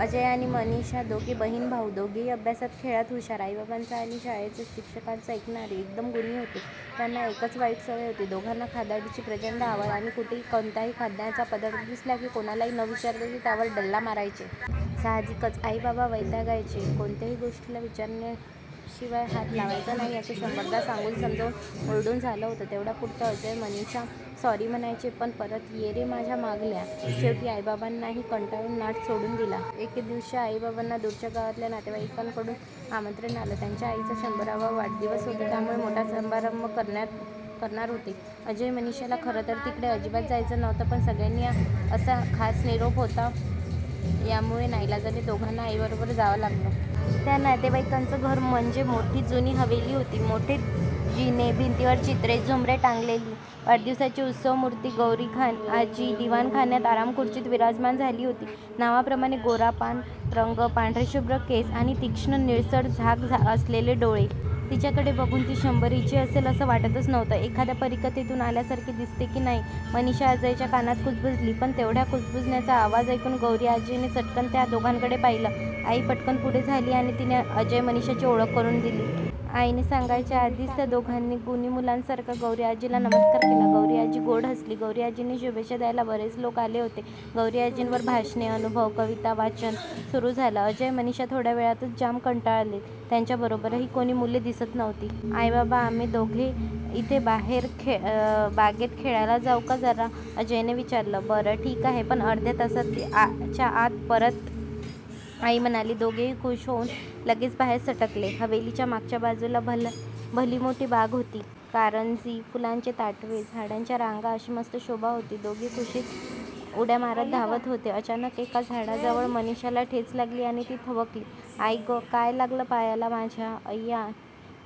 अजय आणि मनीषा दोघे बहीण भाऊ. दोघेही अभ्यासात, खेळात हुषार. आईबाबांचं आणि शाळेत शिक्षकांचं ऐकणारे, एकदम गुणी होते. त्यांना एकच वाईट सवय होती. दोघांना खादाडीची प्रचंड आवड आणि कुठे कोणताही खाण्याचा पदार्थ दिसला की कोणालाही न विचारता ते त्यावर डल्ला मारायचे. साहजिकच आई बाबा वैतागायचे. कोणत्याही गोष्टीला विचारल्याशिवाय हात लावायचा नाही असं शंभरदा सांगून, समजावून, ओरडून झालं होतं. तेवढ्यापुरते अजय मनीषा सॉरी म्हणायचे पण परत ये रे माझ्या मागल्या! शेवटी आईबाबांनीही कंटाळून नाद सोडून दिला. एके दिवशी आई बाबांना दूरच्या गावातल्या नातेवाईकांकडून आमंत्रण आलं. त्यांच्या आईचा शंभरावा वाढदिवस होता त्यामुळे मोठा समारंभ करणार होते. अजय, मनीषाला खरं तर तिकडे अजिबात जायचं नव्हतं पण सगळ्यांनी या असा खास निरोप होता त्यामुळे नाईलाजाने दोघांना आई बाबांबरोबर जावं लागलं. त्या नातेवाईकांचं घर म्हणजे मोठी जुनी हवेली होती. मोठे जिने, भिंतीवर चित्रे, झुंबरे टांगलेली. वाढदिवसाची उत्सवमूर्ती गौरीआजी दिवाणखान्यात आरामखुर्चीत विराजमान झाली होती. नावाप्रमाणे गोरापान रंग, पांढरेशुभ्र केस आणि तीक्ष्ण निळसर झाक असलेले डोळे. तिच्याकडे बघून ती शंभरीची असेल असं वाटतंच नव्हतं. "एखाद्या परीकथेतून आल्यासारखी दिसते की नाही? " मनीषा अजयच्या कानात कुजबुजली. पण तेवढ्या कुजबुजण्याचा आवाज ऐकून गौरीआजीने चटकन त्या दोघांकडे पाहिलं. आई पटकन पुढे झाली आणि तिने अजय मनीषाची ओळख करून दिली. आईने सांगायच्या आधीच त्या दोघांनी गुणी मुलांसारखा गौरीआजीला नमस्कार केला. गौरीआजी गोड हसली. गौरीआजींना शुभेच्छा द्यायला बरेच लोक आले होते. गौरीआजींवर भाषणे, अनुभव, कवितावाचन सुरु झालं. अजय मनीषा थोड्या वेळातच जाम कंटाळले. त्यांच्या बरोबरचीही कोणी मुले दिसत नव्हती. 'आई बाबा, आम्ही दोघे इथे बाहेर बागेत खेळायला जाऊ का जरा? ' अजयने विचारले. 'बरं ठीक आहे पण अर्ध्या तासात या आत परत. ' आई म्हणाली. दोघेही खूष होऊन लगेच बाहेर सटकले. हवेलीच्या मागच्या बाजूला भली मोठी बाग होती. कारंजी, फुलांचे ताटवे, झाडांच्या रांगा अशी मस्त शोभा होती. दोघे खुषीत उड्या मारत धावत होते. अचानक एका झाडाजवळ मनीषाला ठेच लागली आणि ती थबकली. आई गं, काय लागलं पायाला माझ्या. अय्या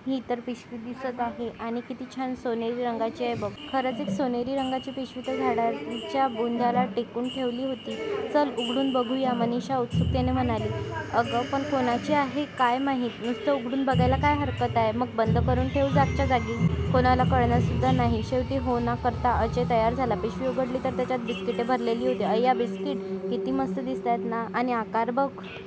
ही तर पिशवी दिसते आहे आणि किती छान सोनेरी रंगाची आहे बघ! "खरंच एक सोनेरी रंगाची पिशवी त्या झाडाच्या बुंध्याला टेकून ठेवली होती. चल उघडून बघू या" मनीषा उत्सुकतेने म्हणाली. 'अगं पण कोणाची आहे काय माहीत? 'नुसतं उघडून बघायला काय हरकत आहे? मग बंद करून ठेवू जागच्या जागी. कोणाला कळणार सुद्धा नाही! शेवटी हो ना करता अजय तयार झाला. पिशवी उघडली तर त्याच्यात बिस्किटे भरलेली होती.अय्या बिस्किटं! किती मस्त दिसतायत ना. आणि आकार बघ.